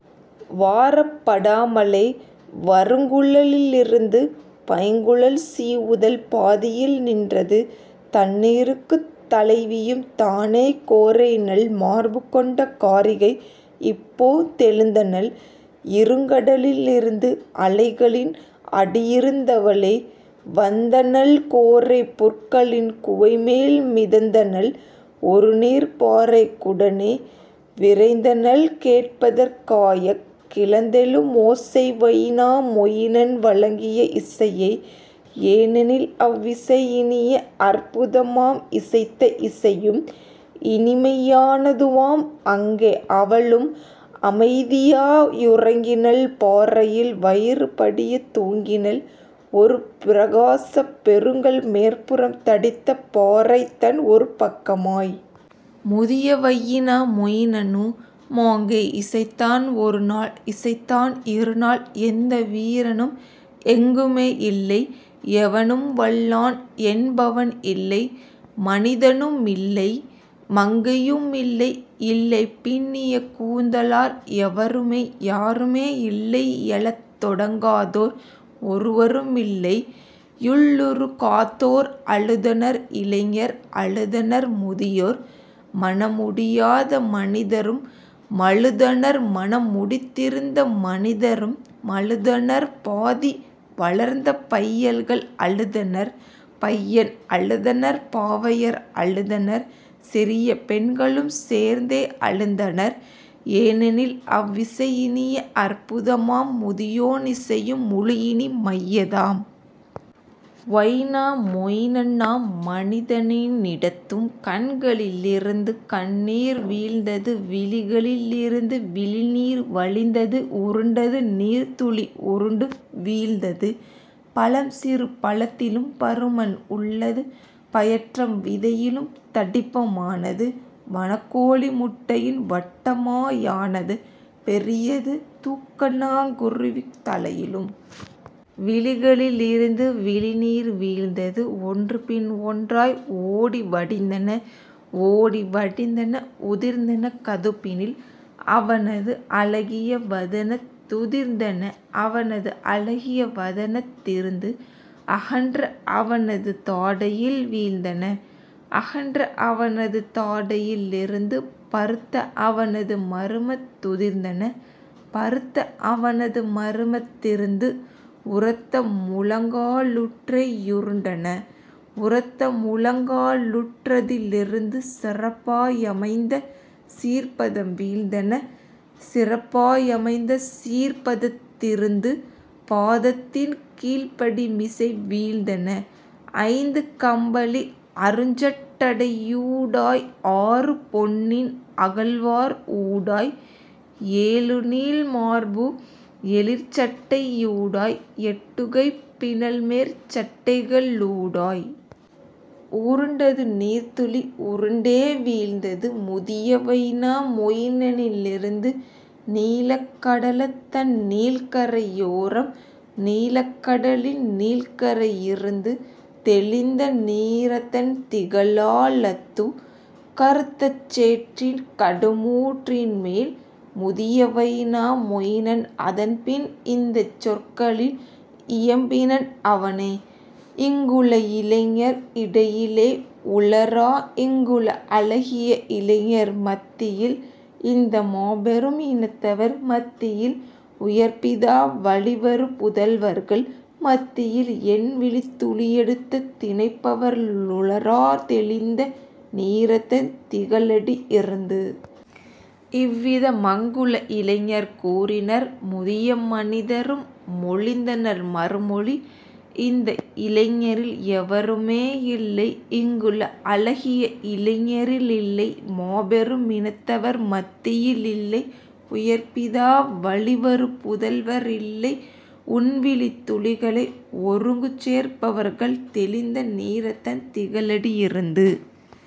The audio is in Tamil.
வாரப் படாமலே வறுங்குழ லிருந்தது பைங்குழல் சீவுதல் பாதியில் நின்றது. தண்ணீ ருக்குத் தலைவியும் தானே கோரைநல் மார்பு கொண்ட காரிகை இப்போ தெழுந்தனள் இருங்கட லிருந்து அலைகளின் அடியிருந் தவளே வந்தனள் கோரைப் புற்களின் குவைமேல் மிதந்தனள் ஒருநீர்ப் பாறைக் குடனே விரைந்தனள் கேட்பதற் காயக் கிளர்ந்தெழு மோசை வைனா மொயினன் வழங்கிய இசையை ஏனெனில் அவ்விசை இனியஅற் புதமாம் இசைத்த இசையும் இனிமையா னதுவாம்; அங்கே அவளும் அமைதியா யுறங்கினள் பாறையில் வயிறு படியத் தூங்கினள் ஒருபிர காசப் பெருங்கல் மேற்புறம் தடித்த பாறைத் தன்ஒரு பக்கமாய். முதிய வையினா மொயினனு மாங்கே இசைத்தான் ஒருநாள் இசைத்தான் இருநாள் எந்த வீரனும் எங்குமே யில்லை எவனும் வல்லான் என்பவன் இல்லை மனிதனு மில்லை மங்கையு மில்லை இல்லைப் பின்னிய கூந்தலார் எவருமே யாருமே இல்லை யழத்தொடங் காதோர் ஒருவரு மில்லை யுள்ளுரு காதோர் அழுதனர் இளைஞர் அழுதனர் முதியர் மணம்முடி யாத மனிதரும் மழுதனர் மணம்முடித் திருந்த மனிதரும் மழுதனர் பாதி வளர்ந்த பையல்கள் அழுதனர் பையன் அழுதனர் பாவையர் அழுதனர் சிறிய பெண்களும் சேர்ந்தே அழுதனர் ஏனெனில் அவ்விசை இனியஅற் புதமாம் முதியோன் இசையும் முழுஇனி மையதாம். வைனா மொயினனாம் மனிதனி னிடத்தும் கண்களிலி ருந்து கண்ணீர் வீழ்ந்தது விழிகளி லிருந்து விழிநீர் வழிந்தது உருண்டது நீர்த் துளி உருண்டு வீழ்ந்தது பழம்சிறு பழத்திலும் பருமன் உள்ளது பயற்றம் விதையிலும் தடிப்ப மானது வனக்கோழி முட்டையின் வட்டமா யானது பெரியது தூக்கணங் குருவித் தலையிலும். விழிகளி லிருந்து விழிநீர் வீழ்ந்தது ஒன்றுபின் ஒன்றாய் ஓடி வடிந்தன ஓடி வடிந்தன உதிர்ந்தன கதுப்பினில் அவனது அழகிய வதனத் துதிர்ந்தன அவனது அழகிய வதனத் திருந்து அகன்ற அவனது தாடையில் வீழ்ந்தன அகன்ற அவனது தாடையி லிருந்து பருத்த அவனது மருமத் துதிர்ந்தன பருத்த அவனது மருமத் திருந்து உரத்த முழங்கா லுற்றே யுருண்டன உரத்த முழங்கா லுற்றதி லிருந்து சிறப்பா யமைந்த சீர்பதம் வீழ்ந்தன சிறப்பா யமைந்த சீர்பதத் திருந்து பாதத் தின்கீழ்ப் படிமிசை வீழ்ந்தன ஐந்து கம்பளி அருஞ்சட் டையூடாய் ஆறு பொன்னின் அகல்வார் ஊடாய் ஏழுநீல் மார்பு எழிற்சட் டையூடாய் எட்டுகைப் பினல்மேற் சட்டைக ளூடாய். உருண்டது நீர்த்துளி உருண்டே வீழ்ந்தது முதிய வைனா மொயினனி லிருந்து நீலக் கடலதன் நீள்கரை யோரம் நீலக் கடலின் நீள்கரை யிருந்து தெளிந்த நீரதன் திகழா ழத்து கறுத்தச் சேற்றின் கடுமூற் றின்மேல். முதிய வைனா மொயினன் அதன்பின் இந்தச் சொற்களில் இயம்பினன் அவனே: "இங்குள இளைஞர் இடையிலே உளரா இங்குள அழகிய இளைஞர் மத்தியில் இந்த மாபெரும் இனத்தவர் மத்தியில் உயர்பிதா வழிவரு புதல்வர்கள் மத்தியில் என்விழித் துளியெடுத் திணைப்பவர் ருளரா தெளிந்த நீரதன் திகழடி யிருந்து? " இவ்வித மங்குள இளைஞர் கூறினர் முதிய மனிதரும் மொழிந்தனர் மறுமொழி: "இந்த இளைஞரில் எவருமே யில்லை இங்குள அழகிய இளைஞரி லில்லை மாபெரு மினத்தவர் மத்தியி லில்லை உயர்பிதா வழிவரு புதல்வரி லில்லை உன்விழித் துளிகளை ஒருங்குசேர்ப் பவர்கள் தெளிந்த நீரதன் திகழடி யிருந்து.